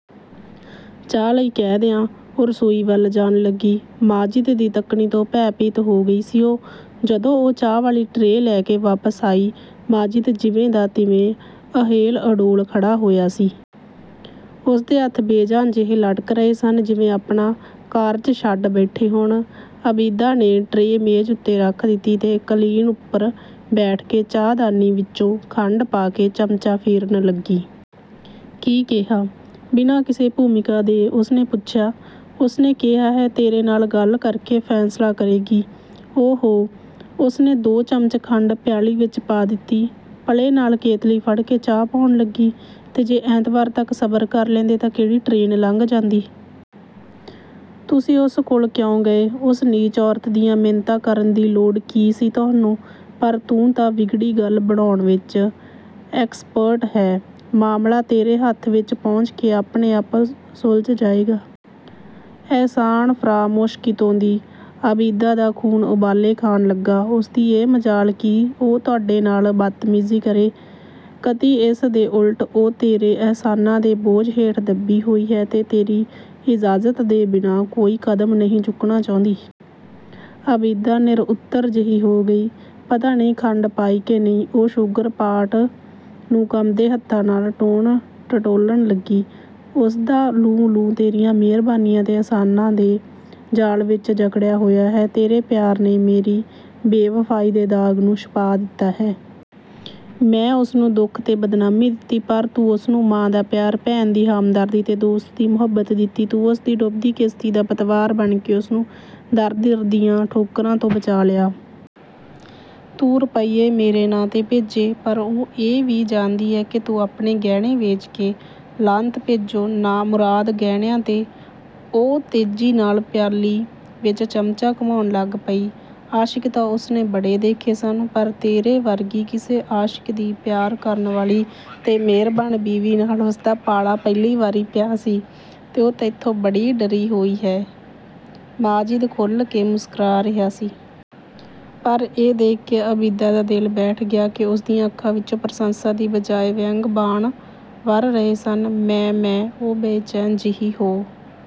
"ਚਾਹ ਲਈ ਕਹਿ ਦਿਆਂ," ਉਹ ਰਸੋਈ ਵੱਲ ਜਾਣ ਲੱਗੀ, ਮਾਜਿਦ ਦੀ ਤੱਕਣੀ ਤੋਂ ਭੈਭੀਤ ਹੋ ਗਈ ਸੀ ਉਹ। ਜਦੋਂ ਉਹ ਚਾਹ ਵਾਲੀ ਟਰੇ ਲੈ ਕੇ ਵਾਪਸ ਆਈ, ਮਾਜਿਦ ਜਿਵੇਂ ਦਾ ਤਿਵੇਂ, ਅਹਿਲ-ਅਡੋਲ, ਖੜ੍ਹਾ ਹੋਇਆ ਸੀ। ਉਸਦੇ ਹੱਥ ਬੇਜਾਨ ਜਿਹੇ ਲਟਕ ਰਹੇ ਸਨ ਜਿਵੇਂ ਆਪਣਾ ਕਾਰਜ ਛੱਡ ਬੈਠੇ ਹੋਣ। ਆਬਿਦਾ ਨੇ ਟਰੇ ਮੇਜ਼ ਉੱਤੇ ਰੱਖ ਦਿੱਤੀ ਤੇ ਕਾਲੀਨ ਉੱਪਰ ਬੈਠ ਕੇ ਚਾਹਦਾਨੀ ਵਿੱਚੋਂ ਖੰਡ ਪਾ ਕੇ ਚਮਚਾ ਫੇਰਨ ਲੱਗੀ। "ਕੀ ਕਿਹਾ?" ਬਿਨਾਂ ਕਿਸੇ ਭੂਮਿਕਾ ਦੇ ਉਸਨੇ ਪੁੱਛਿਆ। "ਉਸਨੇ ਕਿਹਾ ਹੈ, ਤੇਰੇ ਨਾਲ ਗੱਲ ਕਰਕੇ ਫੈਸਲਾ ਕਰੇਗੀ।" "ਓ-ਹੋ--" ਉਸਨੇ ਦੋ ਚਮਚ ਖੰਡ ਪਿਆਲੀ ਵਿੱਚ ਪਾ ਦਿੱਤੀ। ਪੱਲੇ ਨਾਲ ਕੇਤਲੀ ਫੜ੍ਹ ਕੇ ਚਾਹ ਪਾਉਣ ਲੱਗੀ, "ਤੇ ਜੇ ਐਤਵਾਰ ਤੱਕ ਸਬਰ ਕਰ ਲੈਂਦੇ ਤਾਂ ਕਿਹੜੀ ਟਰੇਨ ਲੰਘ ਜਾਂਦੀ! ਤੁਸੀਂ ਉਸ ਕੋਲ ਕਿਉਂ ਗਏ? ਉਸ ਨੀਚ ਔਰਤ ਦੀਆਂ ਮਿੰਨਤਾਂ ਕਰਨ ਦੀ ਲੋੜ ਕੀ ਸੀ ਤੁਹਾਨੂੰ?" "ਪਰ ਤੂੰ ਤਾਂ ਵਿਗੜੀ ਗੱਲ ਬਣਾਉਣ ਵਿੱਚ ਐਕਸਪਰਟ ਹੈਂ, ਮਾਮਲਾ ਤੇਰੇ ਹੱਥ ਵਿੱਚ ਪਹੁੰਚ ਕੇ ਆਪਣੇ ਆਪ ਸੁਲਝ ਜਾਏਗਾ।" "ਅਹਿਸਾਨ ਫ਼ਰਾਮੋਸ਼ ਕਿਤੋਂ ਦੀ," ਆਬਿਦਾ ਦਾ ਖ਼ੂਨ ਉਬਾਲੇ ਖਾਣ ਲੱਗਾ, "ਉਸਦੀ ਇਹ ਮਜ਼ਾਲ ਕਿ ਉਹ ਤੁਹਾਡੇ ਨਾਲ ਬਦਤਮੀਜ਼ੀ ਕਰੇ।" "ਕਤਈ ਇਸ ਦੇ ਉਲਟ, ਉਹ ਤੇਰੇ ਅਹਿਸਾਨਾਂ ਦੇ ਬੋਝ ਹੇਠ ਦੱਬੀ ਹੋਈ ਹੈ ਤੇ ਤੇਰੀ ਇਜਾਜ਼ਤ ਦੇ ਬਿਨਾਂ ਕੋਈ ਕਦਮ ਨਹੀਂ ਚੁੱਕਣਾ ਚਾਹੁੰਦੀ।" ਆਬਿਦਾ ਨਿਰਉੱਤਰ ਜਿਹੀ ਹੋ ਗਈ। "ਪਤਾ ਨਹੀਂ ਖੰਡ ਪਾਈ ਕਿ ਨਹੀਂ!" ਉਹ ਸ਼ੂਗਰ-ਪਾਟ ਨੂੰ ਕੰਬਦੇ ਹੱਥਾਂ ਨਾਲ ਟੋਹਣ-ਟਟੋਲਨ ਲੱਗੀ। "ਉਸਦਾ ਲੂੰ-ਲੂੰ ਤੇਰੀਆਂ ਮਿਹਰਬਾਨੀਆਂ ਤੇ ਅਹਿਸਾਨਾਂ ਦੇ ਜਾਲ ਵਿੱਚ ਜਕੜਿਆ ਹੋਇਆ ਹੈ। ਤੇਰੇ ਪਿਆਰ ਨੇ ਮੇਰੀ ਬੇਵਫ਼ਾਈ ਦੇ ਦਾਗ਼ ਨੂੰ ਛੁਪਾ ਦਿੱਤਾ ਹੈ। ਮੈਂ ਉਸਨੂੰ ਦੁੱਖ ਤੇ ਬਦਨਾਮੀ ਦਿੱਤੀ। ਪਰ ਤੂੰ ਉਸਨੂੰ ਮਾਂ ਦਾ ਪਿਆਰ, ਭੈਣ ਦੀ ਹਮਦਰਦੀ ਤੇ ਦੋਸਤ ਦੀ ਮੁਹੱਬਤ ਦਿੱਤੀ। ਤੂੰ ਉਸਦੀ ਡੁੱਬਦੀ ਕਿਸ਼ਤੀ ਦਾ ਪਤਵਾਰ ਬਣ ਕੇ ਉਸਨੂੰ ਦਰ-ਦਰ ਦੀਆਂ ਠੋਕਰਾਂ ਤੋਂ ਬਚਾ ਲਿਆ। ਤੂੰ ਰੁਪਏ ਮੇਰੇ ਨਾਂ 'ਤੇ ਭੇਜੇ, ਪਰ ਉਹ ਇਹ ਵੀ ਜਾਣਦੀ ਹੈ ਕਿ ਤੂੰ ਆਪਣੇ ਗਹਿਣੇ ਵੇਚ ਕੇ--" "ਲਾਹਨਤ ਭੇਜੋ ਨਾਮੁਰਾਦ ਗਹਿਣਿਆਂ 'ਤੇ।" ਉਹ ਤੇਜ਼ੀ ਨਾਲ ਪਿਆਲੀ ਵਿੱਚ ਚਮਚਾ ਘੁਮਾਉਣ ਲੱਗ ਪਈ। "ਆਸ਼ਿਕ ਤਾਂ ਉਸਨੇ ਬੜੇ ਦੇਖੇ ਸਨ, ਪਰ ਤੇਰੇ ਵਰਗੀ ਕਿਸੇ ਆਸ਼ਿਕ ਦੀ ਪਿਆਰ ਕਰਨ ਵਾਲੀ ਤੇ ਮਿਹਰਬਾਨ ਬੀਵੀ ਨਾਲ ਉਸਦਾ ਪਾਲਾ ਪਹਿਲੀ ਵਾਰੀ ਪਿਆ ਸੀ-- ਤੇ ਉਹ ਤੈਥੋਂ ਬੜੀ ਡਰੀ ਹੋਈ ਹੈ," ਮਾਜਿਦ ਖੁੱਲ੍ਹ ਕੇ ਮੁਸਕਰਾ ਰਿਹਾ ਸੀ। ਪਰ ਇਹ ਦੇਖ ਕੇ ਆਬਿਦਾ ਦਾ ਦਿਲ ਬੈਠ ਗਿਆ ਕਿ ਉਸਦੀਆਂ ਅੱਖਾਂ ਵਿੱਚੋਂ ਪ੍ਰਸ਼ੰਸਾ ਦੀ ਬਜਾਏ ਵਿਅੰਗ-ਬਾਣ ਵਰ੍ਹ ਰਹੇ ਸਨ। "ਮੈਂ-ਮੈਂ-" ਉਹ ਬੇਚੈਨ ਜਿਹੀ ਹੋ